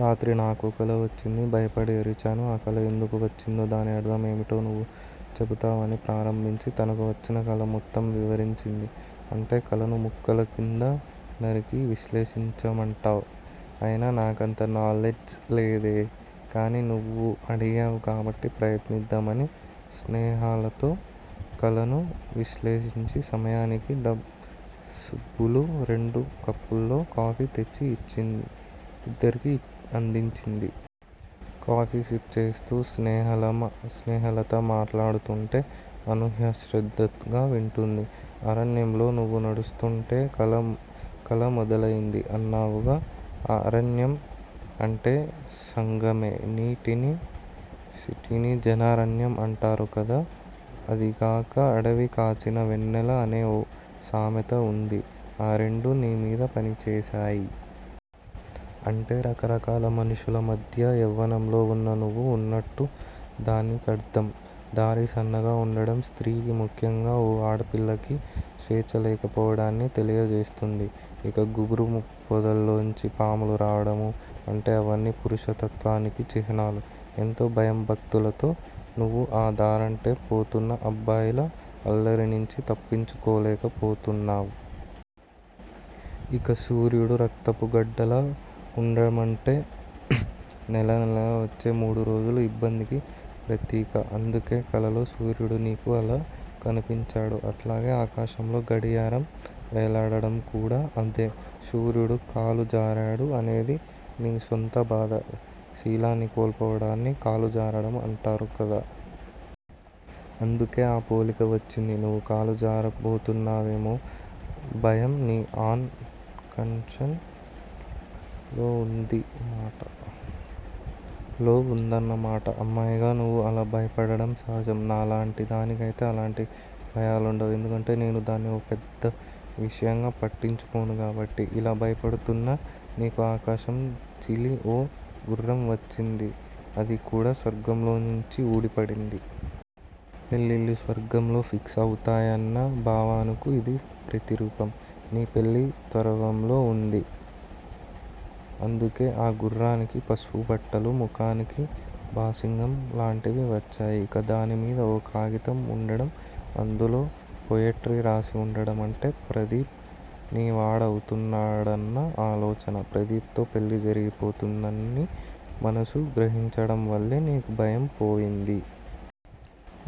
రాత్రి నాకో కల వచ్చింది భయపడి అరిచాను. ఆ కల ఎందుకు వచ్చిందో, దాని అర్థం ఏమిటో నువ్వు చెబుతావని అని ప్రారంభించి, తనకు వచ్చిన కల మొత్తం వివరించింది. అంటే కలను ముక్కలు కింద నరికి, విశ్లేషించమంటావ్. అయినా నాకంత నాలెడ్జ్ లేదే. కానీ నువ్వు అడిగావు కాబట్టి ప్రయత్నిద్దాం అని స్నేహలత కలను విశ్లేషించే సమయానికి సుబ్బులు రెండు కప్పుల్లో కాఫీ తెచ్చి ఇద్దరికీ అందించింది. కాఫీ సిప్ చేస్తూ స్నేహలత మాట్లాడుతుంటే అనూహ్య శ్రద్ధగా వింటోంది. అరణ్యంలో నువ్వు నడుస్తుంటే కల మొదలయింది అన్నావుగా ఆఁ అరణ్యం అంటే సంఘమే. సిటీని జనారణ్యం అంటారు కదా. అదీగాక అడవి కాచిన వెన్నెల అనే ఓ సామెత వుంది. ఆ రెండూ నీ మీద పనిచేశాయి. అంటే రకరకాల మనుషుల మధ్య యవ్వనంలో వున్న నువ్వు వున్నట్టు దాని కర్థం. దారి సన్నగా వుండడం స్త్రీకి, ముఖ్యంగా ఓ ఆడపిల్లకి స్వేచ్చ లేకపోవడాన్ని తెలియజేస్తుంది. ఇక గుబురు పొదల్లోంచి పాములు రావడము అంటే అవన్నీ పురుషత్వానికి చిహ్నాలు. ఎంతో భయభక్తులతో నువ్వు ఆ దారంటే పోతున్నా అబ్బాయిల అల్లరి నుంచి తప్పించుకోలేకపోతున్నావ్. ఇక సూర్యుడు రక్తపు గడ్డలా వుండడమంటే నెలనెలా వచ్చే మూడురోజుల ఇబ్బందికి ప్రతీక. అందుకే కలలో సూర్యుడు నీకు అలా కనిపించాడు. అట్లాగే ఆకాశంలో గడియారం వేలాడడం కూడా అదే. సూర్యుడు కాలు జారాడు అనేది నీ సొంత బాధ. శీలాన్ని కోల్పోవడాన్ని కాలు జారడం అంటారు కదా. అందుకే ఆ పోలిక వచ్చింది. నువ్వూ కాలు జారుతావేమోనన్న భయం నీ అన్ కాన్షన్ లో వుందన్న మాట. అమ్మాయిగా నువ్వు అలా భయపడడం సహజం. నాలాంటి దానికైతే అలాంటి భయాలుండవు. ఎందుకంటే నేను దాన్ని ఓ పెద్ద విషయంగా పట్టించుకోను కాబట్టి. ఇలా భయపడుతున్న నీకు ఆకాశం చీలి ఓ గుర్రం వచ్చింది అది కూడా స్వర్గంలోంచి ఊడిపడింది. పెళ్ళిళ్ళు స్వర్గంలో ఫిక్స్ అవుతాయన్న భావనకు ఇది ప్రతిరూపం. నీ పెళ్ళి త్వరలో వుంది. అందుకే ఆ గుర్రానికి పసుపు బట్టలు, ముఖానికి బాసికం లాంటివి వచ్చాయి. ఇక దానిమీద ఓ కాగితం వుండడం, అందులో పొయిట్రీ రాసి వుండడమంటే ప్రదీప్ నీవాడవుతున్నాడన్న ఆలోచన. ప్రదీప్ తో పెళ్ళి జరిగిపోతుందని మనసు గ్రహించడం వల్లే నీకు భయం పోయింది.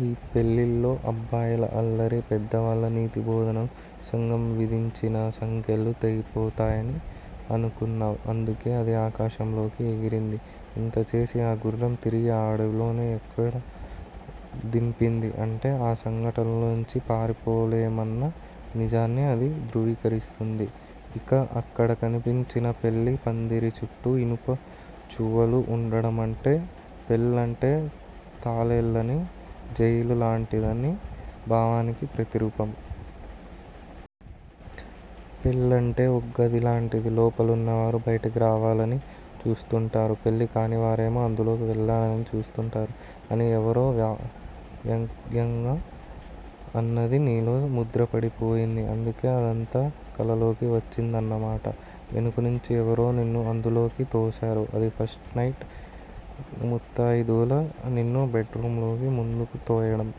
ఈ పెళ్ళిలో అబ్బాయిల అల్లరి, పెద్దవాళ్ళ నీతి బోధనలు, సంఘం విధించిన సంకెళ్ళు తెగిపోతాయని అనుకున్నావ్. అందుకే అది ఆకాశంలోకి ఎగిరింది. ఇంతా చేసి ఆ గుర్రం తిరిగి ఆ అడవిలోనే ఎక్కడో దింపింది. అంటే ఆ సంఘంలోంచి పారిపోలేమన్న నిజాన్ని అది ధృవీకరిస్తుంది. ఇక అక్కడ కనిపించిన పెళ్ళి పందిరిచుట్టూ ఇనుప చువ్వలు వుండడమంటే పెళ్ళంటే తాళాల్లేని జైలు లాంటిదన్న భావనకి ప్రతిరూపం. పెళ్ళంటే ఓ గదిలాంటిది. లోపనున్నవారు బయటికి రావాలని చూస్తుంటారు. పెళ్ళి కానివారేమో అందులోకి వెళ్ళాలని చూస్తుంటారు. అని ఎవరో వ్యంగ్యంగా అన్నది నీలో ముద్రపడిపోయింది. అందుకే అదంతా కలలోకి వచ్చిందన్న మాట. వెనకనుంచి ఎవరో నిన్ను అందులోకి తోశారు. అది ఫస్ట్ నైట్ ముత్తయిదువలు నిన్ను బెడ్ రూమ్ లోకి ముందుకు తోయడం.